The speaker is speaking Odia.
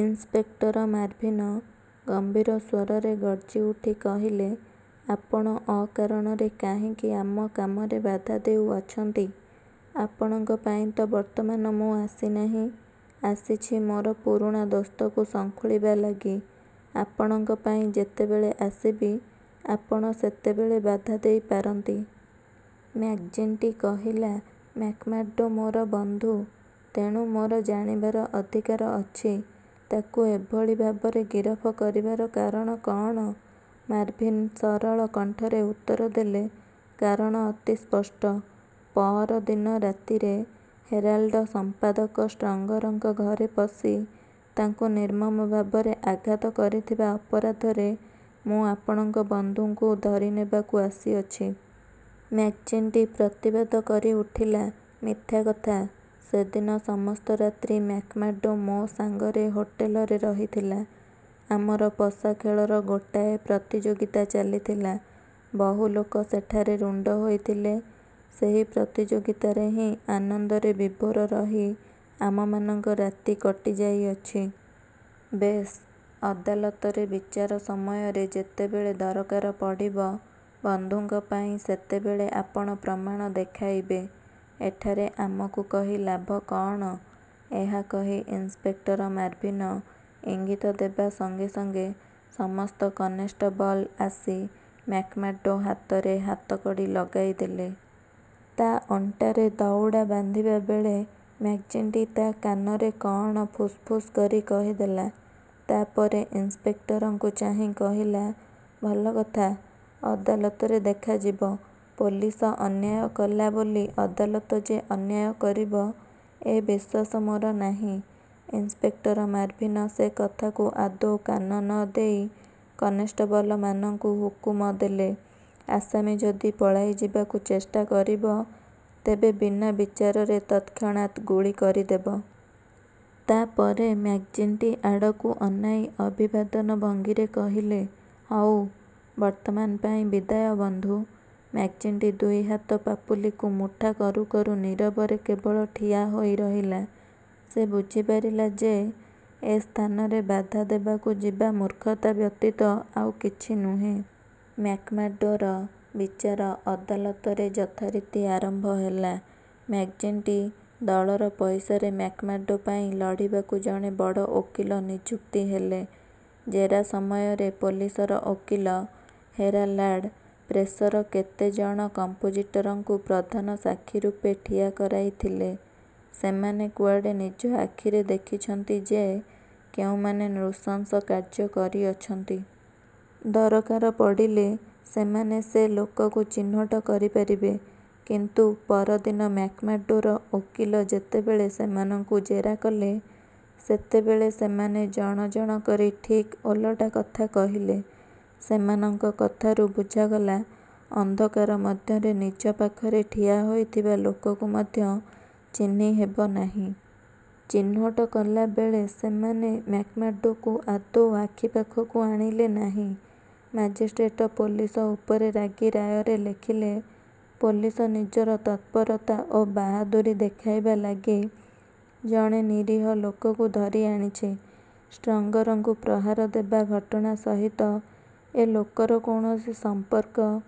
ଇନ୍ସପେକ୍ଟର ମାର୍ଭିନ ଗମ୍ଭୀର ସ୍ୱରରେ ଗର୍ଜିଉଠି କହିଲେ, ''ଆପଣ ଅକାରଣରେ କାହିଁକି ଆମ କାମରେ ବାଧା ଦେଉଅଛନ୍ତି? ଆପଣଙ୍କ ପାଇଁ ତ ବର୍ତ୍ତମାନ ମୁଁ ଆସି ନାହିଁ। ଆସିଛି ମୋର ପୁରୁଣା ଦୋସ୍ତକୁ ଶଙ୍ଖୁଳିବା ଲାଗି। ଆପଣଙ୍କ ପାଇଁ ଯେତେବେଳେ ଆସିବି, ଆପଣ ସେତେବେଳେ ବାଧା ଦେଇପାରନ୍ତି। '' ମ୍ୟାକ୍ଜିଣ୍ଟି କହିଲା, ''ମ୍ୟାକ୍ମାର୍ଡ଼ୋ ମୋର ବନ୍ଧୁ। ତେଣୁ ମୋର ଜାଣିବାର ଅଧିକାର ଅଛି, ତାକୁ ଏଭଳି ଭାବରେ ଗିରଫ କରିବାର କାରଣ କଅଣ? '' ମାର୍ଭିନ୍ ସରଳ କଣ୍ଠରେ ଉତ୍ତରଦେଲେ, ''କାରଣ ଅତି ସ୍ପଷ୍ଟ। ପଅର ଦିନ ରାତିରେ 'ହେରାଲ୍ଡ଼' ସମ୍ପାଦକ ଷ୍ଟ୍ରଙ୍ଗରଙ୍କ ଘରେ ପଶି ତାଙ୍କୁ ନିର୍ମମ ଭାବରେ ଆଘାତ କରିଥିବା ଅପରାଧରେ ମୁଁ ଆପଣଙ୍କ ବନ୍ଧୁଙ୍କୁ ଧରିନେବାକୁ ଆସିଅଛି। '' ମ୍ୟାକ୍ଜିଣ୍ଟି ପ୍ରତିବାଦ କରିଉଠିଲା, ''ମିଥ୍ୟା କଥା। ସେଦିନ ସମସ୍ତ ରାତ୍ରି ମ୍ୟାକ୍ମାର୍ଡ଼ୋ ମୋ ସାଙ୍ଗରେ ହୋଟେଲରେ ରହିଥିଲା। ଆମର ପଶାଖେଳର ଗୋଟାଏ ପ୍ରତିଯୋଗିତା ଚାଲିଥିଲା। ବହୁ ଲୋକ ସେଠାରେ ରୁଣ୍ଡ ହୋଇଥିଲେ। ସେହି ପ୍ରତିଯୋଗିତାରେ ହିଁ ଆନନ୍ଦରେ ବିଭୋର ରହି ଆମମାନଙ୍କ ରାତି କଟିଯାଇଅଛି। '' ''ବେଶ୍, ଅଦାଲତରେ ବିଚାର ସମୟରେ ଯେତେବଳେ ଦରକାର ପଡ଼ିବ, ବନ୍ଧୁଙ୍କ ପାଇଁ ସେତେବେଳେ ଆପଣ ପ୍ରମାଣ ଦେଖାଇବେ। ଏଠାରେ ଆମକୁ କହି ଲାଭ କଅଣ? '' ଏହା କହି ଇନ୍ସପେକ୍ଟର ମାର୍ଭିନ ଇଙ୍ଗିତ ଦେବା ସଙ୍ଗେସଙ୍ଗେ ସମସ୍ତ କନେଷ୍ଟବଲ୍ ଆସି ମ୍ୟାକ୍ମାର୍ଡ଼ୋ ହାତରେ ହାତକଡ଼ି ଲଗାଇଦେଲେ। ତା ଅଣ୍ଟାରେ ଦଉଡ଼ା ବାନ୍ଧିବା ବେଳେ ମ୍ୟାକ୍ଜିଣ୍ଟି ତା କାନରେ କଅଣ ଫୁସ୍ଫୁସ୍ କରି କହିଦେଲା। ତା ପରେ ଇନ୍ସପେକ୍ଟରଙ୍କୁ ଚାହିଁ କହିଲା, ''ଭଲ କଥା, ଅଦାଲତରେ ଦେଖାଯିବ। ପୋଲିସ ଅନ୍ୟାୟ କଲା ବୋଲି ଅଦାଲତ ଯେ ଅନ୍ୟାୟ କରିବ-ଏ ବିଶ୍ୱାସ ମୋର ନାହିଁ। '' ଇନ୍ସପେକ୍ଟର ମାର୍ଭିନ ସେ କଥାକୁ ଆଦୌ କାନ ନ ଦେଇ କନେଷ୍ଟବଲମାନଙ୍କୁ ହୁକୁମ ଦେଲେ, ''ଆସାମୀ ଯଦି ପଳାଇଯିବାକୁ ଚେଷ୍ଟା କରିବ, ତେବେ ବିନା ବିଚାରରେ ତତ୍କ୍ଷଣାତ୍ ଗୁଳି କରିଦେବ। '' ତା ପରେ ମ୍ୟାକ୍ଜିଣ୍ଟି ଆଡ଼କୁ ଅନାଇ ଅଭିବାଦନ ଭଙ୍ଗୀରେ କହିଲେ, ''ହଉ, ବର୍ତ୍ତମାନ ପାଇଁ ବିଦାୟ, ବନ୍ଧୁ। '' ମ୍ୟାକ୍ଜିଣ୍ଟି ଦୁଇ ହାତ ପାପୁଲିକୁ ମୁଠା କରୁକରୁ ନୀରବରେ କେବଳ ଠିଆହୋଇ ରହିଲା। ସେ ବୁଝିପାରିଲା ଯେ, ଏ ସ୍ଥାନରେ ବାଧା ଦେବାକୁ ଯିବା ମୂର୍ଖତା ବ୍ୟତୀତ ଆଉ କିଛି ନୁହେଁ। ମ୍ୟାକ୍ମାର୍ଡ଼ୋର। ବିଚାର ଅଦାଲତରେ ଯଥାରୀତି ଆରମ୍ଭ ହେଲା। ମ୍ୟାକ୍ଜିଣ୍ଟି ଦଳର ପଇସାରେ ମ୍ୟାକ୍ମାର୍ଡ଼ୋ ପାଇଁ ଲଢ଼ିବାକୁ ଜଣେ ବଡ଼ ଓକିଲ ନିଯୁକ୍ତି ହେଲେ। ଜେରା ସମୟରେ ପୋଲିସର ଓକିଲ 'ହେରାଲାଡ଼୍' ପ୍ରେସର କେତେ ଜଣ କମ୍ପୋଜିଟରଙ୍କୁ ପ୍ରଧାନ ସାକ୍ଷୀରୂପେ ଠିଆକରାଇଥିଲେ। ସେମାନେ କୁଆଡ଼େ ନିଜ ଆଖିରେ ଦେଖିଛନ୍ତି ଯେ, କେଉଁମାନେ ନୃଶଂସ କାର୍ଯ୍ୟ କରିଅଛନ୍ତି। ଦରକାର ପଡ଼ିଲେ, ସେମାନେ ସେ ଲୋକକୁ ଚିହ୍ନୋଟ କରିପାରିବେ। କିନ୍ତୁ ପରଦିନ ମ୍ୟାକ୍ମାର୍ଡ଼ୋର ଓକିଲ ଯେତେବେଳେ ସେମାନଙ୍କୁ ଜେରା କଲେ, ସେତେବେଳେ ସେମାନେ ଜଣ ଜଣ କରି ଠିକ୍ ଓଲଟା କଥା କହିଲେ। ସେମାନଙ୍କ କଥାରୁ ବୁଝାଗଲା, ଅନ୍ଧକାର ମଧ୍ୟରେ ନିଜ ପାଖରେ ଠିଆ ହୋଇଥିବା ଲୋକକୁ ମଧ୍ୟ ଚିହ୍ନିହେବ ନାହିଁ। ଚିହ୍ନୋଟ କଲାବେଳେ ସେମାନେ ମ୍ୟାକ୍ମାର୍ଡ଼ୋକୁ ଆଦୌ ଆଖିପାଖକୁ ଆଣିଲେ ନାହିଁ। ମାଜିଷ୍ଟ୍ରେଟ ପୋଲିସ ଉପରେ ରାଗି ରାୟରେ ଲେଖିଲେ, ''ପୋଲିସ ନିଜର ତତ୍ପରତା ଓ ବାହାଦୂରୀ ଦେଖାଇବା ଲାଗି ଜଣେ ନିରୀହ ଲୋକକୁ ଧରି ଆଣିଛି। ଷ୍ଟ୍ରଙ୍ଗରଙ୍କୁ ପ୍ରହାର ଦେବା ଘଟଣା ସହିତ ଏ ଲୋକର କୌଣସି ସମ୍ପର୍କ